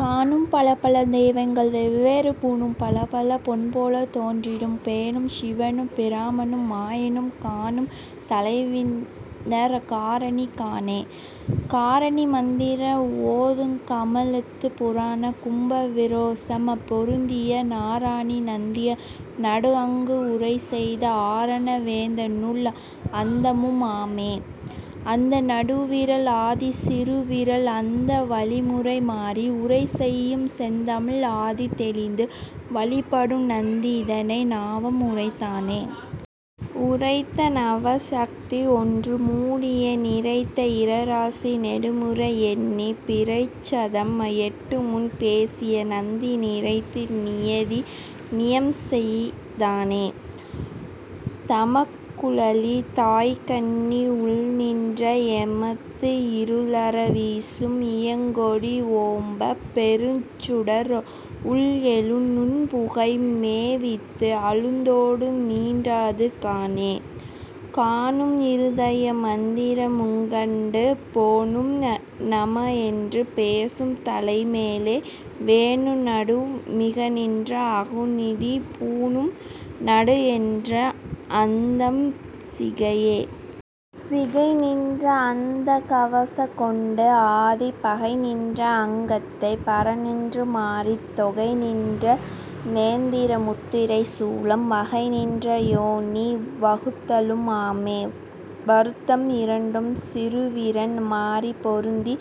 காணும் பலபல தெய்வங்கள் வெவ்வேறு பூணும் பலபல பொன்போலத் தோற்றிடும் பேணும் சிவனும் பிரமனும் மாயனும் காணும் தலைவிநற் காரணி காணே. காரணி மந்திரம் ஓதுங் கமலத்துப் பூரண கும்ப விரேசம் பொருந்திய நாரணி நந்தி நடுஅங்கு உரைசெய்த ஆரண வேதநூல் அந்தமும் ஆமே. அந்த நடுவிரல் ஆதி சிறுவிரல் வந்த வழிமுறை மாறி உரை செய்யும் செந்தமிழ் ஆதி தெளிந்து வழிபடு நந்தி இதனை நவம் உரைத்தானே. உரைத்த நவசத்தி ஒன்று முடிய நிரைத்த இராசி நெடுமுறை எண்ணிப் பிரைச்சதம் எட்டுமுன் பேசிய நந்தி நிரைத்து நியதி நியமம்செய் தானே. தாமக் குழலி தயைக்கண்ணி உள்நின்ற ஏமத்து இருளற வீசும் இளங்கொடி ஓமப் பெருஞ்சுடர் உள்எழு நுண்புகை மேவித்து அழுதொடு மீண்டது காணே. காணும் இருதய மந்திர முங்கண்டு பேணும் நமஎன்று பேசும் தலைமேலே வேணு நடுவு மிகநின்ற ஆகுதி பூணு நடுஎன்ற அந்தம் சிகையே. சிகைநின்ற அந்தக் கவசங்கொண்டு ஆதிப் பகைநின்ற அங்கத்தைப் பாரென்று மாறித் தொகைநின்ற நேத்திர முத்திரை சூலம் வகைநின்ற யோனி வகுத்தலும் ஆமே. வருத்தம் இரண்டும் சிறுவிரன் மாறிப் பொருந்தி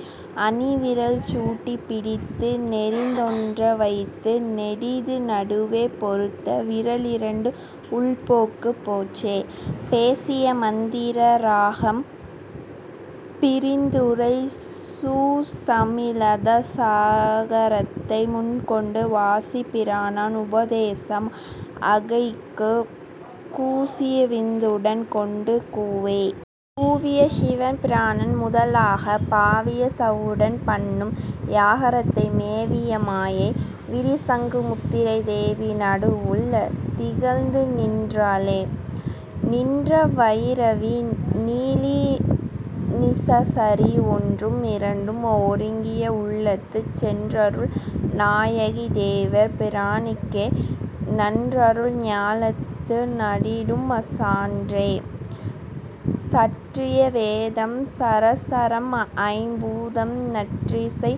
அணிவிரல் சுட்டிப் பிடித்து நெரித்தொன்ற வைத்து நெடிது நடுவே பெருத்த விரல்இரண்டு உள்புக்குப் பேசே. பேசிய மந்திரம் இராகம் பிரித்துரை கூசமி லாத சகாரத்தை முன்கொண்டு வாசிப் பிராணன் உபதேசம் ஆகைக்குக் கூசியவிந்து வுடன் கொண்டு கூவே. கூவிய சீவன் பிராணன் முதலாகப் பாவிய சவ்வுடன் பண்ணும் யகாரத்தை மேவிய மாயை விரிசங்கு முத்திரை தேவி நடுவுள் திகழ்ந்துநின் றாளே. நின்ற வயிரவி நீலி நிசாசரி ஒன்றும் இரண்டும் ஒருங்கிய உள்ளத்துச் சென்றருள் நாயகி தேவர் பிரானுக்கே நன்றருள் ஞாலத்து நாடிடும் சாற்றியே.. சாற்றிய வேதம் சராசரம் ஐம்பூதம் நாற்றிசை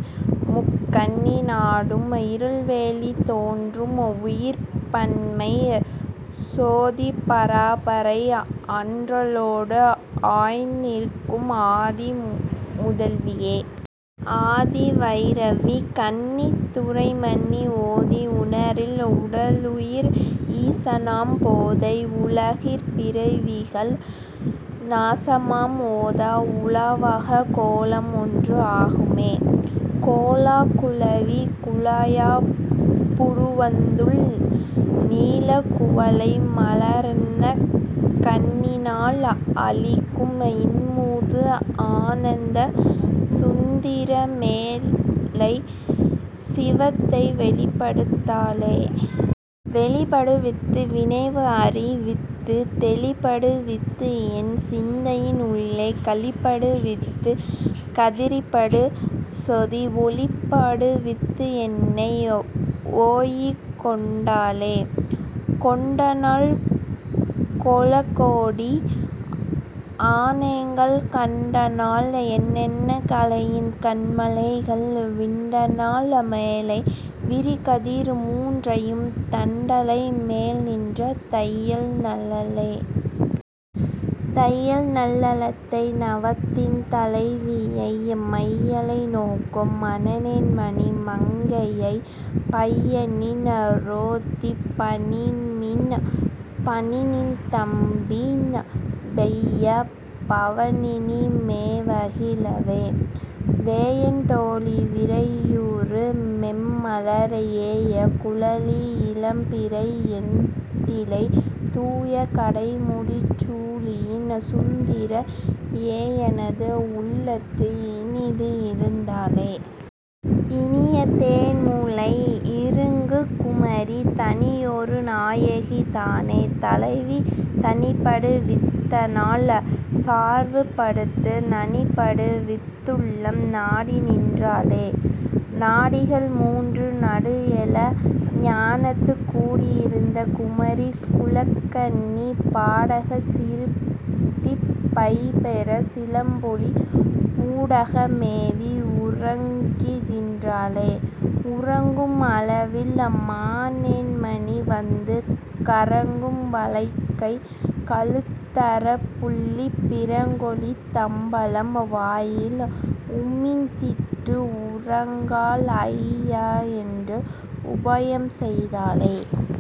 முக்கண்ணி நாடும் இருள்வெளி தோற்றும் உயிர்ப்பன்மை சோதி பராபரை ஆற்றலொடு ஆய்நிற்கும் ஆதி முதல்வியே. ஆதி வயிரவி கன்னித் துறைமன்னி ஓதி உணரில் உடலுயிர் ஈசனாம் பேதை உலகிற் பிறவிகள் நாசமாம் ஓத உலவாக் கோலம் ஒன்று ஆகுமே. கோலக் குழவி குலாய புருவத்துள் நீலக் குவளை மலரன்ன கண்ணினாள் ஆலிக்கும் இன்னமுது ஆனந்த சுந்தரி மேலைச் சிவத்தை வெளிப்படுத் தாளே. வெளிப்படு வித்து விளைவுஅறி வித்துத் தெளிப்படு வித்துஎன் சிந்தையின் உள்ளே களிப்படு வித்துக் கதிர்ப்படு சோதி ஒளிப்படு வித்துஎன்னை உய்ய்க்கொண்டாளே. கொண்டனள் கோலங் கோடி அநேகங்கள் கண்டனள் எண்ணென் கலையின் கண் மாலைகள் விண்டனள் மேலை விரிகதிர் மூன்றையும் தண்டலை மேல்நின்ற தையல் நல் லாளே. தையல் நல் லாளைத் தவத்தின் தலைவியை மையலை நோக்கும் மனோன்மணி மங்கையைப் பையநின் றேத்திப் பணிமின் பணிந்தபின் வெய்ய பவம்இனி மேவகி லாவே. வேயன தோளி விரையுறு மென்மலர் ஏய குழலி இளம்பிறை ஏந்திழை தூய கடைமுடிச் சூலினி சுந்தரி ஏயெனது உள்ளத்து இனிதுஇருந் தாளே. இனியதென் மூலை இருக்குங் குமரி தனியொரு நாயகி தானே தலைவி தனிப்படு வித்தனள் சார்வு படுத்து நனிப்படு வித்துள்ளம் நாடிநின் றாளே. நாடிகள் மூன்று நடுஎழ ஞானத்துக் கூடி யிருந்த குமரி குலக்கன்னி பாடகச் சீறடிப் பைம்பொற் சிலம்பொலி ஊடக மேவி உறங்குகின் றாளே. உறங்கும் அளவில் மனோன்மணி வந்து கறங்கும் வளைக்கைக் கழுத்தாரப் புல்லிப் பிறங்கொளித் தம்பலம் வாயில் உமிழ்ந்திட்டு உறங்கல்ஐ யாஎன்று உபாயம்செய் தாளே.